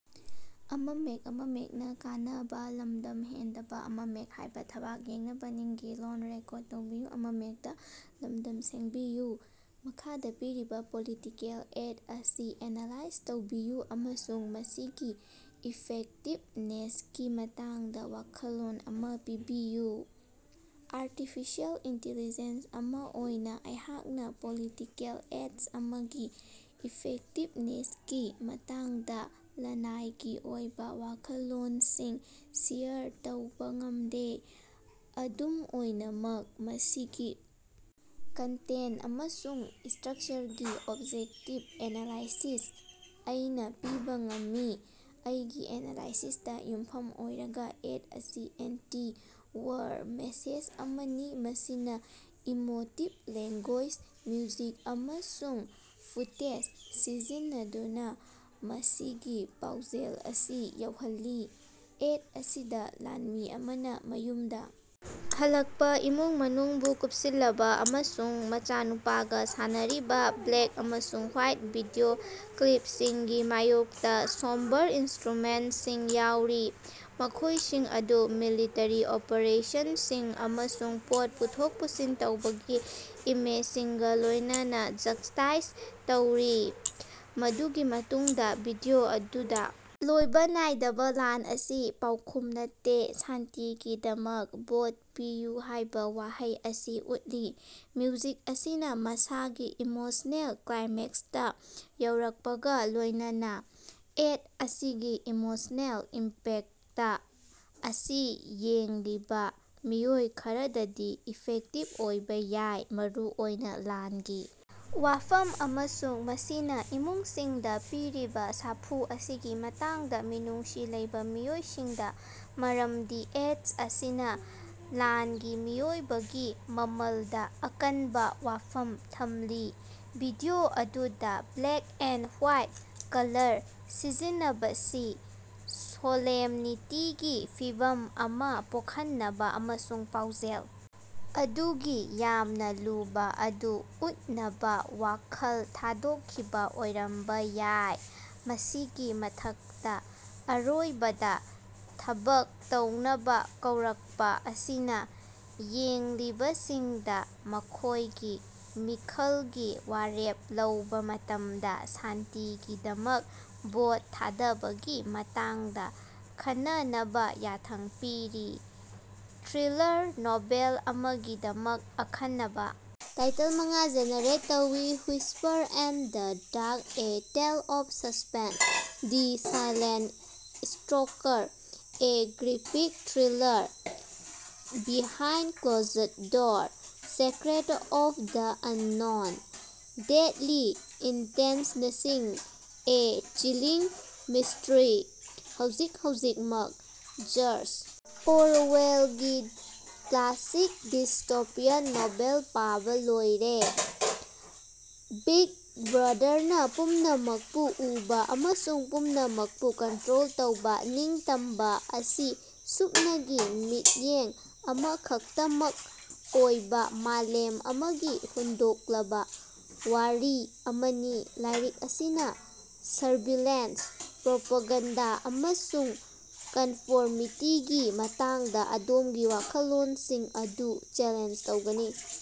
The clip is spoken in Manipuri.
ꯃꯈꯥꯗꯥ ꯄꯤꯔꯤꯕꯥ ꯄꯣꯂꯤꯇꯤꯀꯦꯜ ꯑꯦꯗ ꯑꯁꯤ ꯑꯦꯅꯥꯂꯥꯏꯖ ꯇꯧꯕꯤꯌꯨ ꯑꯃꯁꯨꯡ ꯃꯁꯤꯒꯤ ꯏꯐꯦꯛꯇꯤꯕꯅꯦꯁꯀꯤ ꯃꯇꯥꯡꯗꯥ ꯋꯥꯈꯜꯂꯣꯟ ꯑꯃꯥ ꯄꯤꯕꯤꯌꯨ꯫ ꯑꯔꯇꯤꯐꯤꯁꯦꯜ ꯏꯟꯇꯤꯂꯤꯖꯦꯟꯁ ꯑꯃꯥ ꯑꯣꯏꯅꯥ ꯑꯩꯍꯥꯛꯅꯥ ꯄꯣꯂꯤꯇꯤꯀꯦꯜ ꯑꯦꯗ ꯑꯃꯒꯤ ꯏꯐꯦꯛꯇꯤꯕꯅꯦꯁꯀꯤ ꯃꯇꯥꯡꯗꯥ ꯂꯅꯥꯏꯒꯤ ꯑꯣꯏꯕꯥ ꯋꯥꯈꯜꯂꯣꯟꯁꯤꯡ ꯁꯦꯌꯔ ꯇꯧꯕꯥ ꯉꯝꯗꯦ꯫ ꯑꯗꯨꯝ ꯑꯣꯏꯅꯃꯛ ꯃꯁꯤꯒꯤ ꯀꯟꯇꯦꯟ ꯑꯃꯁꯨꯡ ꯏꯁꯇ꯭ꯔꯛꯆꯔꯒꯤ ꯑꯣꯕꯖꯦꯛꯇꯤꯕ ꯑꯦꯅꯥꯂꯥꯏꯁꯤꯁ ꯑꯩꯅꯥ ꯄꯤꯕꯥ ꯉꯝꯃꯤ꯫ ꯑꯩꯒꯤ ꯑꯦꯅꯥꯂꯥꯏꯁꯤꯁꯇꯥ ꯌꯨꯝꯐꯝ ꯑꯣꯏꯔꯒꯥ ꯑꯦꯗ ꯑꯁꯤ ꯑꯦꯟꯇꯤ-ꯋꯥꯔ ꯃꯦꯁꯦꯖ ꯑꯃꯅꯤ ꯃꯁꯤꯅꯥ ꯏꯃꯣꯇꯤꯕ ꯂꯦꯡꯒꯣꯏꯖ, ꯃ꯭ꯌꯨꯖꯤꯛ ꯑꯃꯁꯨꯡ ꯐꯨꯇꯦꯖ ꯁꯤꯖꯤꯟꯅꯗꯨꯅꯥ ꯃꯁꯤꯒꯤ ꯄꯥꯎꯖꯦꯜ ꯑꯁꯤ ꯌꯧꯍꯜꯂꯤ꯫ ꯑꯦꯗ ꯑꯁꯤꯗꯥ ꯂꯥꯟꯃꯤ ꯑꯃꯅꯥ ꯃꯌꯨꯝꯗꯥ ꯍꯜꯂꯛꯄꯥ, ꯏꯃꯨꯡ ꯃꯅꯨꯡꯕꯨ ꯀꯨꯞꯁꯤꯜꯂꯕꯥ ꯑꯃꯁꯨꯡ ꯃꯆꯥꯅꯨꯄꯥꯒꯥ ꯁꯥꯟꯅꯔꯤꯕꯥ ꯕ꯭ꯂꯦꯛ ꯑꯃꯁꯨꯡ ꯍ꯭ꯋꯥꯏꯠ ꯚꯤꯗꯤꯑꯣ ꯀ꯭ꯂꯤꯞꯁꯤꯡꯒꯤ ꯃꯥꯌꯣꯛꯇꯥ ꯁꯣꯝꯕꯔ ꯏꯟꯁꯇ꯭ꯔꯨꯃꯦꯟꯇꯦꯁꯟꯁꯤꯡ ꯌꯥꯎꯔꯤ, ꯃꯈꯣꯏꯁꯤꯡ ꯑꯗꯨ ꯃꯤꯂꯤꯇꯔꯤ ꯑꯣꯄꯔꯦꯁꯟꯁꯤꯡ ꯑꯃꯁꯨꯡ ꯄꯣꯠ ꯄꯨꯊꯣꯛ ꯄꯨꯁꯤꯟ ꯇꯧꯕꯒꯤ ꯏꯃꯦꯖꯁꯤꯡꯒꯥ ꯂꯣꯏꯅꯅꯥ ꯖꯛꯁꯇꯥꯏꯖ ꯇꯧꯔꯤ꯫ ꯃꯗꯨꯒꯤ ꯃꯇꯨꯡꯗꯥ ꯚꯤꯗꯤꯑꯣ ꯑꯗꯨꯗꯥ ꯂꯣꯏꯕꯥ ꯅꯥꯏꯗꯕꯥ ꯂꯥꯟ ꯑꯁꯤ ꯄꯥꯎꯈꯨꯝ ꯅꯠꯇꯦ꯫ ꯁꯥꯟꯇꯤꯒꯤꯗꯃꯛ ꯚꯣꯠ ꯄꯤꯌꯨ ꯍꯥꯌꯕꯥ ꯋꯥꯍꯩ ꯑꯁꯤ ꯎꯠꯂꯤ꯫ ꯃ꯭ꯌꯨꯖꯤꯛ ꯑꯁꯤꯅꯥ ꯃꯁꯥꯒꯤ ꯏꯃꯣꯁꯅꯦꯜ ꯀ꯭ꯂꯥꯏꯃꯦꯛꯁꯇꯥ ꯌꯧꯔꯛꯄꯒꯥ ꯂꯣꯏꯅꯅꯥ, ꯑꯦꯗ ꯑꯁꯤꯒꯤ ꯏꯃꯣꯁꯅꯦꯜ ꯏꯝꯄꯦꯛꯇ ꯑꯁꯤ ꯌꯦꯡꯂꯤꯕꯥ ꯃꯤꯑꯣꯏ ꯈꯔꯗꯗꯤ ꯏꯐꯦꯛꯇꯤꯕ ꯑꯣꯏꯕꯥ ꯌꯥꯏ, ꯃꯔꯨꯑꯣꯏꯅꯥ ꯂꯥꯟꯒꯤ ꯋꯥꯐꯝ ꯑꯃꯁꯨꯡ ꯃꯁꯤꯅꯥ ꯏꯃꯨꯡꯁꯤꯡꯗꯥ ꯄꯤꯔꯤꯕꯥ ꯁꯥꯐꯨ ꯑꯁꯤꯒꯤ ꯃꯇꯥꯡꯗꯥ ꯃꯤꯅꯨꯡꯁꯤ ꯂꯩꯕꯥ ꯃꯤꯑꯣꯏꯁꯤꯡꯗꯥ, ꯃꯔꯝꯗꯤ ꯑꯦꯗ ꯑꯁꯤꯅꯥ ꯂꯥꯟꯒꯤ ꯃꯤꯑꯣꯏꯕꯒꯤ ꯃꯃꯜꯗꯥ ꯑꯀꯟꯕꯥ ꯋꯥꯐꯝ ꯊꯝꯂꯤ꯫ ꯚꯤꯗꯤꯑꯣ ꯑꯗꯨꯗꯥ ꯕ꯭ꯂꯦꯛ ꯑꯃꯁꯨꯡ ꯍ꯭ꯋꯥꯏꯠ ꯀꯂꯔ ꯁꯤꯖꯤꯟꯅꯕꯁꯤ ꯁꯣꯂꯦꯝꯅꯤꯇꯤꯒꯤ ꯐꯤꯚꯝ ꯑꯃꯥ ꯄꯣꯛꯍꯟꯅꯕꯥ ꯑꯃꯁꯨꯡ ꯄꯥꯎꯖꯦꯜ ꯑꯗꯨꯒꯤ ꯌꯥꯝꯅꯥ ꯂꯨꯕꯥ ꯑꯗꯨ ꯎꯠꯅꯕꯥ ꯋꯥꯈꯜ ꯊꯥꯗꯣꯛꯈꯤꯕꯥ ꯑꯣꯏꯔꯝꯕꯥ ꯌꯥꯏ꯫ ꯃꯁꯤꯒꯤ ꯃꯊꯛꯇꯥ, ꯑꯔꯣꯏꯕꯗꯥ ꯊꯕꯛ ꯇꯧꯅꯕꯥ ꯀꯧꯔꯛꯄꯥ ꯑꯁꯤꯅꯥ ꯌꯦꯡꯂꯤꯕꯁꯤꯡꯗꯥ ꯃꯈꯣꯏꯒꯤ ꯃꯤꯈꯜꯒꯤ ꯋꯥꯔꯦꯞ ꯂꯧꯕꯥ ꯃꯇꯝꯗꯥ ꯁꯥꯟꯇꯤꯒꯤꯗꯃꯛ ꯚꯣꯠ ꯊꯥꯗꯕꯒꯤ ꯃꯇꯥꯡꯗꯥ ꯈꯟꯅꯅꯕꯥ ꯌꯥꯊꯪ ꯄꯤꯔꯤ꯫ ꯊ꯭ꯔꯤꯂꯥꯔ ꯅꯣꯚꯦꯜ ꯑꯃꯒꯤꯗꯃꯛ ꯑꯈꯟꯅꯕꯥ ꯇꯥꯏꯇꯜ ꯃꯉꯥ ꯖꯦꯅꯦꯔꯦꯠ ꯇꯧ꯫ "Whispers in the dark: a tale of suspense", "the silent stalker: a gripping thriller", "behind closed doors: secrets of the unknown", "deadly ꯏꯟꯇꯦꯟꯁꯅꯁꯤꯡ: ꯑꯦ ꯆꯤꯂꯤꯡ ꯃꯤꯁ꯭ꯇꯔꯤ"꯫ ꯍꯧꯖꯤꯛ ꯍꯧꯖꯤꯛꯃꯛ ꯖꯔꯖ ꯑꯣꯔꯋꯦꯜꯒꯤ ꯀ꯭ꯂꯥꯁꯤꯛ ꯗꯤꯁꯇꯣꯄꯤꯌꯥꯟ ꯅꯣꯚꯦꯜ, ꯄꯥꯕꯥ ꯂꯣꯏꯔꯦ, ꯕꯤꯛ ꯕ꯭ꯔꯥꯗꯥꯔꯅꯥ ꯄꯨꯝꯅꯃꯛꯄꯨ ꯎꯕꯥ ꯑꯃꯁꯨꯡ ꯄꯨꯝꯅꯃꯛꯄꯨ ꯀꯟꯇ꯭ꯔꯣꯜ ꯇꯧꯕꯥ, ꯅꯤꯡꯇꯝꯕꯥ ꯑꯁꯤ ꯁꯨꯞꯅꯒꯤ ꯃꯤꯠꯌꯦꯡ ꯑꯃꯈꯛꯇꯃꯛ ꯑꯣꯏꯕꯥ ꯃꯥꯂꯦꯝ ꯑꯃꯒꯤ ꯍꯨꯟꯗꯣꯛꯂꯕꯥ ꯋꯥꯔꯤ ꯑꯃꯅꯤ꯫ ꯂꯥꯏꯔꯤꯛ ꯑꯁꯤꯅꯥ ꯁꯔꯚꯤꯂꯦꯟꯁ, ꯄ꯭ꯔꯣꯄꯥꯒꯥꯟꯗꯥ ꯑꯃꯁꯨꯡ ꯀꯟꯐꯣꯔꯃꯤꯇꯤꯒꯤ ꯃꯇꯥꯡꯗꯥ ꯑꯗꯣꯝꯒꯤ ꯋꯥꯈꯜꯂꯣꯟꯁꯤꯡ ꯑꯗꯨ ꯆꯦꯂꯦꯟꯖ ꯇꯧꯒꯅꯤ꯫